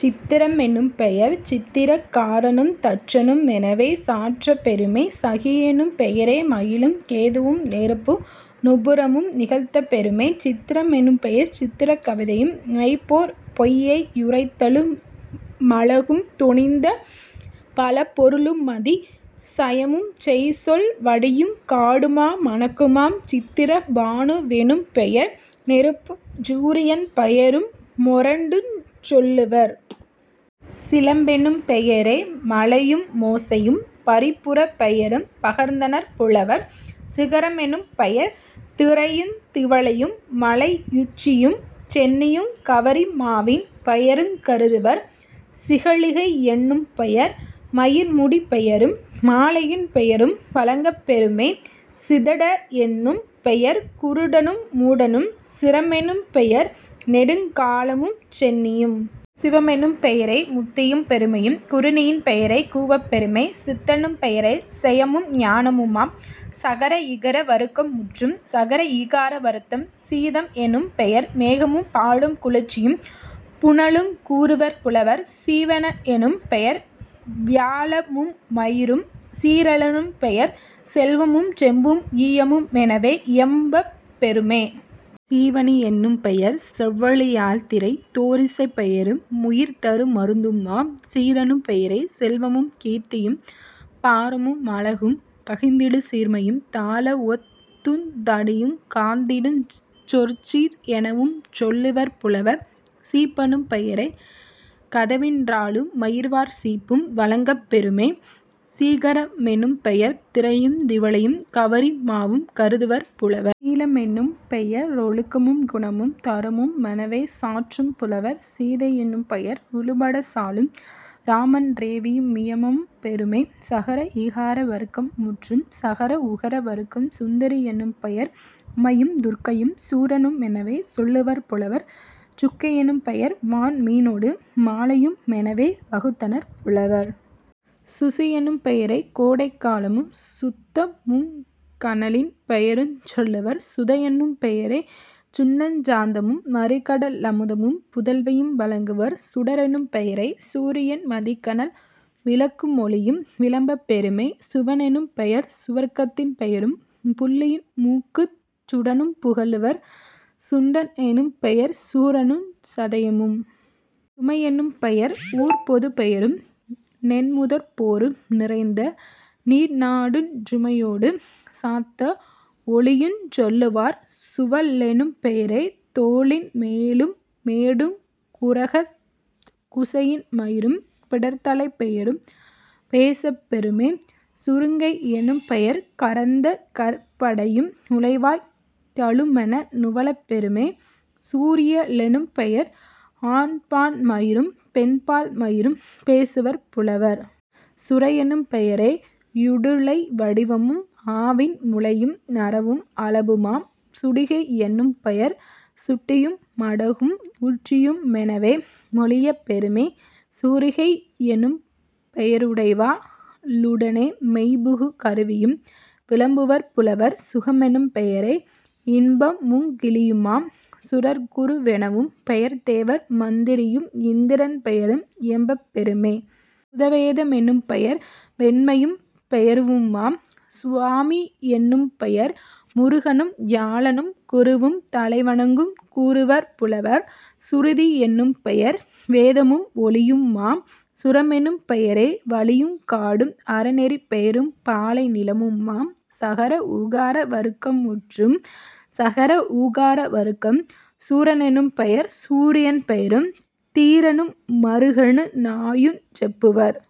சித்திர னெனும்பெயர் சித்திர காரனுந் தச்சனு மெனவே சாற்றப் பெறுமே..... சிகியெனும் பெயரே மயிலும் கேதுவும் நெருப்பு நூபுரமு நிகழ்த்தப் பெறுமே..... சித்திர மெனும்பெயர் சித்திர கவிதையும் மெய்போற் பொய்யை யுரைத்தலு மழகும் துணிந்த பலபொரு ளுமதி சயமுஞ் செய்சொல் வடிவுங் காடுமா மணக்குமாம்..... சித்திர பானு வெனும்பெயர் நெருப்புஞ் சூரியன் பெயரு மோராண்டுஞ் சொல்லுவர்..... சிலம்பெனும் பெயரே மலையு மோசையும் பரிபுரப் பெயரும் பகர்ந்தனர் புலவர்..... சிகர மெனும்பெயர் திரையுந் திவலையு। மலையி னுச்சியும் சென்னியுங் கவரி மாவின் பெயருங் கருதுவர்..... சிகழிகை யெனும்பெயர் மயிர்முடிப் பெயரும் மாலையின் பெயரும் வழங்கப் பெறுமே..... சிதட னெனும்பெயர் குருடனு மூடனும்..... சிரமெனும் பெயர்நெடுங் காலமுஞ் சென்னியும்..... சிவமெனும் பெயரே முத்தியும் பெருமையும் குறுணியின் பெயருங் கூவப் பெறுமே..... சித்தெனும் பெயரே செயமும் ஞானமுமாம்..... சகர இகர வருக்கம் முற்றும். சகர ஈகார வருக்கம் சீதம் எனும்பெயர் மேகமும் பாலும் குளிர்ச்சியும் புனலுங் கூறுவர் புலவர்..... சீவ னெனும்பெயர் வியாழமு முயிரும்..... சீரு ளெனும்பெயர் செல்வமுஞ் செம்பும் ஈயமு மெனவே இயம்பப் பெறுமே..... சீவனி யெனும்பெயர் செவ்வழி யாழ்த்திறத் தோரிசைப் பெயரு முயிர்தரு மருந்துமாம்..... சீரெனும் பெயரே செல்வமுங் கீர்த்தியும் பாரமு மழகும் பகர்ந்திடு சீர்மையும் தாள வொத்துந் தடியுங் காத்தண்டுஞ் சொற்சீர் எனவுஞ் சொல்லுவர் புலவர்..... சீப்பெனும் பெயரே கதவின் றாழும் மயிர்வார் சீப்பும் வழங்கப் பெறுமே..... சீகர மெனும்பெயர் திரையுந் திவலையும் கவரி மாவுங் கருதுவர் புலவர்..... சீல மெனும்பெய ரொழுக்கமுங் குணமும் தருமமு மெனவே சாற்றுவர் புலவர்..... சீதை யெனும்பெயர் உழுபடைச் சாலும் இராமன் றேவியு மியம்பப் பெறுமே..... சகர ஈகார வருக்கம் முற்றும். சகர உகர வருக்கம் சுந்தரி யெனும்பெயர் உமையுந் துர்க்கையும் சூரனு மெனவே சொல்லுவர் புலவர்..... சுக்கை யெனும்பெ யர்வான் மீனொடு மாலையு மெனவே வகுத்தனர் புலவர்..... சுசியெனும் பெயரே கோடைக் காலமும் சுத்தமுங் கனலின் பெயருஞ் சொல்லுவர்..... சுதையெனும் பெயரே சுண்ணச் சாந்தும் மறிகட லமுதமும் புதல்வியும் வழங்குவர்..... சுடரெனும் பெயரே சூரியன் மதிகனல் விளக்கு மொளியும் விளம்பப் பெறுமே..... சுவவெனும் பெயர்சுவர்க் கத்தின் பெயரும் புள்ளின் மூக்குஞ் சுண்டனும் புகலுவர்..... சுண்ட னெனும்பெயர் சூரனுஞ் சதையமும்..... சும்மை யெனும்பெயர் ஊர்ப்பொதுப் பெயரும் நென்முதற் போரும் நிறைந்த நீர்நாடுஞ் சுமையோடு சத்த வொலியுஞ் சொல்லுவர்..... சுவலெனும் பெயரே தோளின் மேலும் மேடுங் குரகதக் குசையின் மயிரும் பிடர்த்தலைப் பெயரும் பேசப் பெறுமே..... சுருங்கை யெனும்பெயர் கரந்த கற்படையும் நுழைவாய் தலுமென நுவலப் பெறுமே..... சுரிய லெனும்பெயர் ஆண்பான் மயிரும் பெண்பால் மயிரும் பேசுவர் புலவர்..... சுரையெனும் பெயரே யுட்டுளை வடிவும் ஆவின் முலையும் நறவும் அலாபுமாம்..... சுடிகை யெனும்பெயர் சுட்டியு மகுடமும் உச்சியு மெனவே மொழியப் பெறுமே..... சுரிகை யெனும்பெய ருடைவா ளுடனே மெய்புகு கருவியும் விளம்புவர் புலவர்..... சுகமெனும் பெயரே யின்பமுங் கிளியுமாம்..... சுரர்குரு வெனும்பெயர் தேவர் மந்திரியும் இந்திரன் பெயரும் இயம்பப் பெறுமே..... சுவேத மெனும்பெயர் வெண்மையும் வெயர்வுமாம்..... சுவாமி யெனும்பெயர் முருகனும் வியாழமும் குருவுந் தலைவனுங் கூறுவர் புலவர்..... சுருதி யெனும்பெயர் வேதமும் ஒலியுமாம்..... சுரமெனும் பெயரே வழியுங் காடும் அருநெறிப் பெயரும் பாலை நிலமுமாம்..... சகர உகர வருக்கம் முற்றும். சகர ஊகார வருக்கம் சூர னெனும்பெயர் சூரியன் பெயரும் தீரனு மருகனு நாயையுஞ் செப்புவர்.